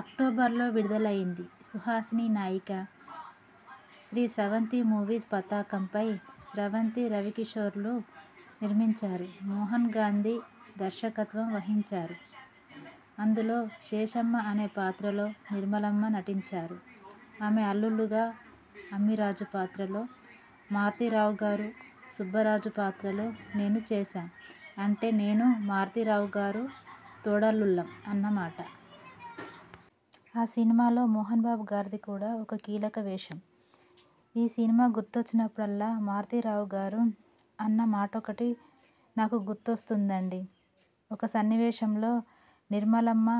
అక్టోబర్లో విడుదలైంది. సుహాసిని నాయిక. శ్రీ స్రవంతి మూవీస్ పతాకంపై స్రవంతి రవికిశోర్గారు నిర్మించారు. మోహన్ గాంధీ దర్శకత్వం వహించారు. అందులో శేషమ్మ అనే పాత్రలో నిర్మలమ్మ నటించారు. ఆమె అల్లుళ్లుగా అమ్మిరాజు పాత్రలో మారుతిరావుగారు, సుబ్బరాజు పాత్రలో నేనూ చేశాం. అంటే నేనూ మారుతిరావుగారు తోడల్లుళ్లం అన్నమాట. ఆ సినిమాలో మోహన్బాబు గారిది కూడా కీలక వేషం. ఈ సినిమా గుర్తొచ్చినప్పుడల్లా మారుతిరావుగారు అన్న మాటొకటి నాకు గుర్తొస్తుంటుందండీ ఒక సన్నివేశంలో నిర్మలమ్మ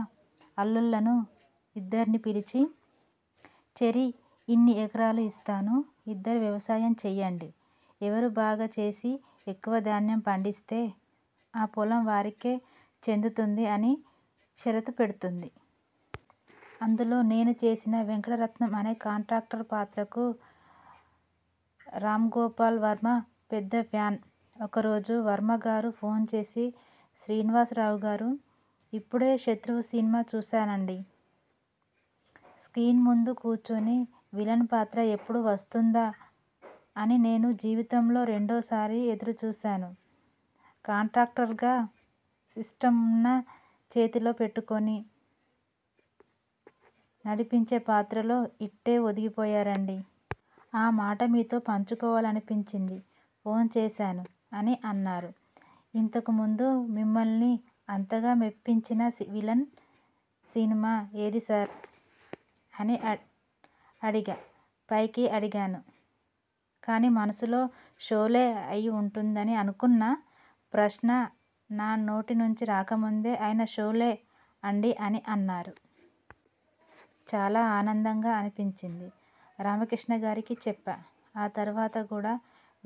అల్లుళ్లను ఇద్దరినీ పిలిచి'చెరి ఇన్ని ఎకరాలు ఇస్తాను. ఇద్దరూ వ్యవసాయం చేయండి ఎవరు బాగా చేసి ఎక్కువ ధాన్యం పండిస్తే ఆ పొలం వారికే చెందుతుంది' అని షరతు పెడుతుంది. అందులో నేను చేసిన వెంకటరత్నం అనే కాంట్రాక్టర్ పాత్రకు రామ్గోపాల్ వర్మ పెద్ద ఫ్యాన్. ఒకరోజు వర్మగారు ఫోన్ చేసి 'శ్రీనివాసరావుగారూ ఇప్పుడే 'శత్రువు' చూశానండీ. స్ర్కీన్ ముందు కూర్చుని విలన్ పాత్ర ఎప్పుడు వస్తుందా? అని నేను జీవితంలో రెండో సారి ఎదురుచూశాను. కాంట్రాక్టర్గా సిస్టమ్ను చేతిలో పెట్టుకుని నడిపించే పాత్రలో ఇట్టే ఒదిగిపోయారండీ. ఆ మాట మీతో పంచుకోవాలనిపించి ఫోన్ చేశాను' అని అన్నారు. 'ఇంతకు ముందు మిమ్మల్ని అంతగా మెప్పించిన విలన్ సినిమా ఏది సార్? ' అని అడిగా. పైకి అడిగాను కానీ మనసులో 'షోలే' అయి ఉంటుందని అనుకున్నా. ప్రశ్న నా నోటి నుంచి రాకముందే ఆయన 'షోలే అండీ' అని అన్నారు. చాలా ఆనందంగా అనిపించి రామకృష్ణగారికి చెప్పా. ఆ తర్వాత కూడా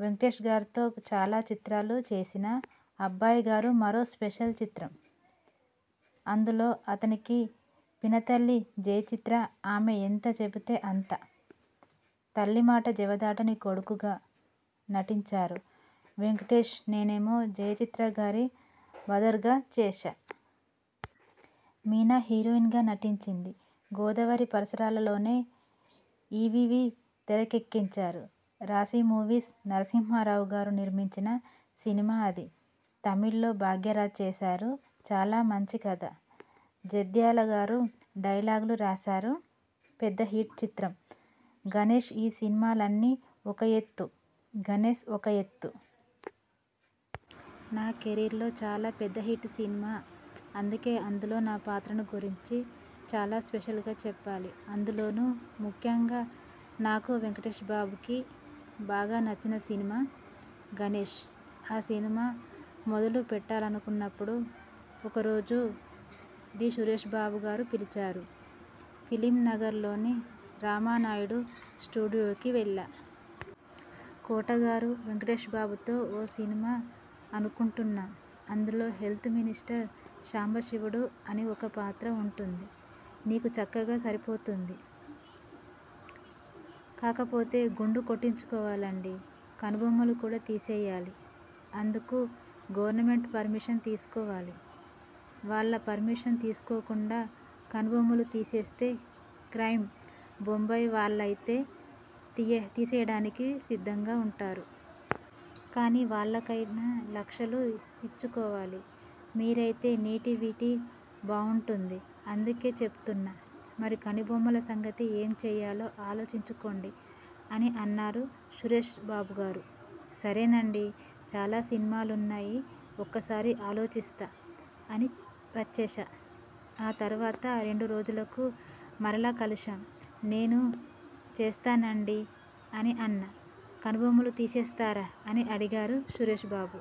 వెంకటేశ్గారితో చాలా చిత్రాలు చేసినా 'అబ్బాయిగారు' మరో స్పెషల్ చిత్రం. అందులో అతనికి పినతల్లి జయచిత్ర. ఆమె ఎంత చెబితే అంత. తల్లిమాట జవదాటని కొడుకుగా నటించారు వెంకటేశ్. నేనేమో జయచిత్రగారి బ్రదర్గా చేశా. మీనా హీరోయిన్గా నటించింది. గోదావరి పరిసరాల్లోనే ఈవీవీ తెరకెక్కించాడు. రాశీ మూవీస్ నరసింహారావు గారు నిర్మించిన సినిమా అది. తమిళ్ లో భాగ్యరాజ్ చేశారు. చాలా మంచి కథ. జంధ్యాల గారు డైలాగులు రాశారు. పెద్ద హిట్ చిత్రం గణేష్ఈ సినిమాలన్నీ ఒక ఎత్తు 'గణేశ్' ఒక ఎత్తు. నా కెరీర్లో చాలా పెద్ద హిట్ సినిమా. అందుకే అందులో నా పాత్రను గురించి చాలా స్పెషల్గా చెప్పాలి. అందులోనూ ముఖ్యంగా నాకు, వెంకటేశ్బాబుకి బాగా నచ్చిన సినిమా 'గణేశ్'. ఆ సినిమా మొదలు పెట్టాలనుకున్నప్పుడు ఒకరోజు డి. సురేశ్బాబుగారు పిలిచారు. ఫిల్మ్ నగర్ లోని రామానాయుడు స్టూడియోకి వెళ్లా. 'కోటగారూ వెంకటేశ్బాబుతో ఓ సినిమా అనుకుంటున్నాం. అందులో హెల్త్ మినిస్టర్ సాంబశివుడు అని ఒక పాత్ర ఉంటుంది. మీకు చక్కగా సరిపోతుంది. కాకపోతే గుండు కొట్టించుకోవాలండీ.. కనుబొమ్మలు కూడా తీసేయాలి. అందుకు గవర్నమెంట్ పర్మిషన్ తీసుకోవాలి. వాళ్ల పర్మిషన్ తీసుకోకుండా కనుబొమ్మలు తీసేస్తే క్రైమ్. బొంబాయి వాళ్లయితే తీసేయడానికి సిద్ధంగా ఉంటారు. కానీ వాళ్లకైనా లక్షలు ఇచ్చుకోవాలి. మీరైతే నేటివిటీ బావుంటుంది. అందుకే చెప్తున్నా. మరి కనుబొమ్మల సంగతి ఏం చేయాలో ఆలోచించుకోండి' అని అన్నారు సురేశ్బాబుగారు. 'సరేనండీ. చాలా సినిమాలున్నాయి. ఒక్కసారి ఆలోచిస్తా' అని వచ్చేశా. ఆ తర్వాత రెండు రోజులకు మరలా కలిశాం. 'నేను చేస్తానండీ' అని అన్నా 'కనుబొమ్మలు తీసేస్తారా' అని అడిగారు సురేశ్బాబు.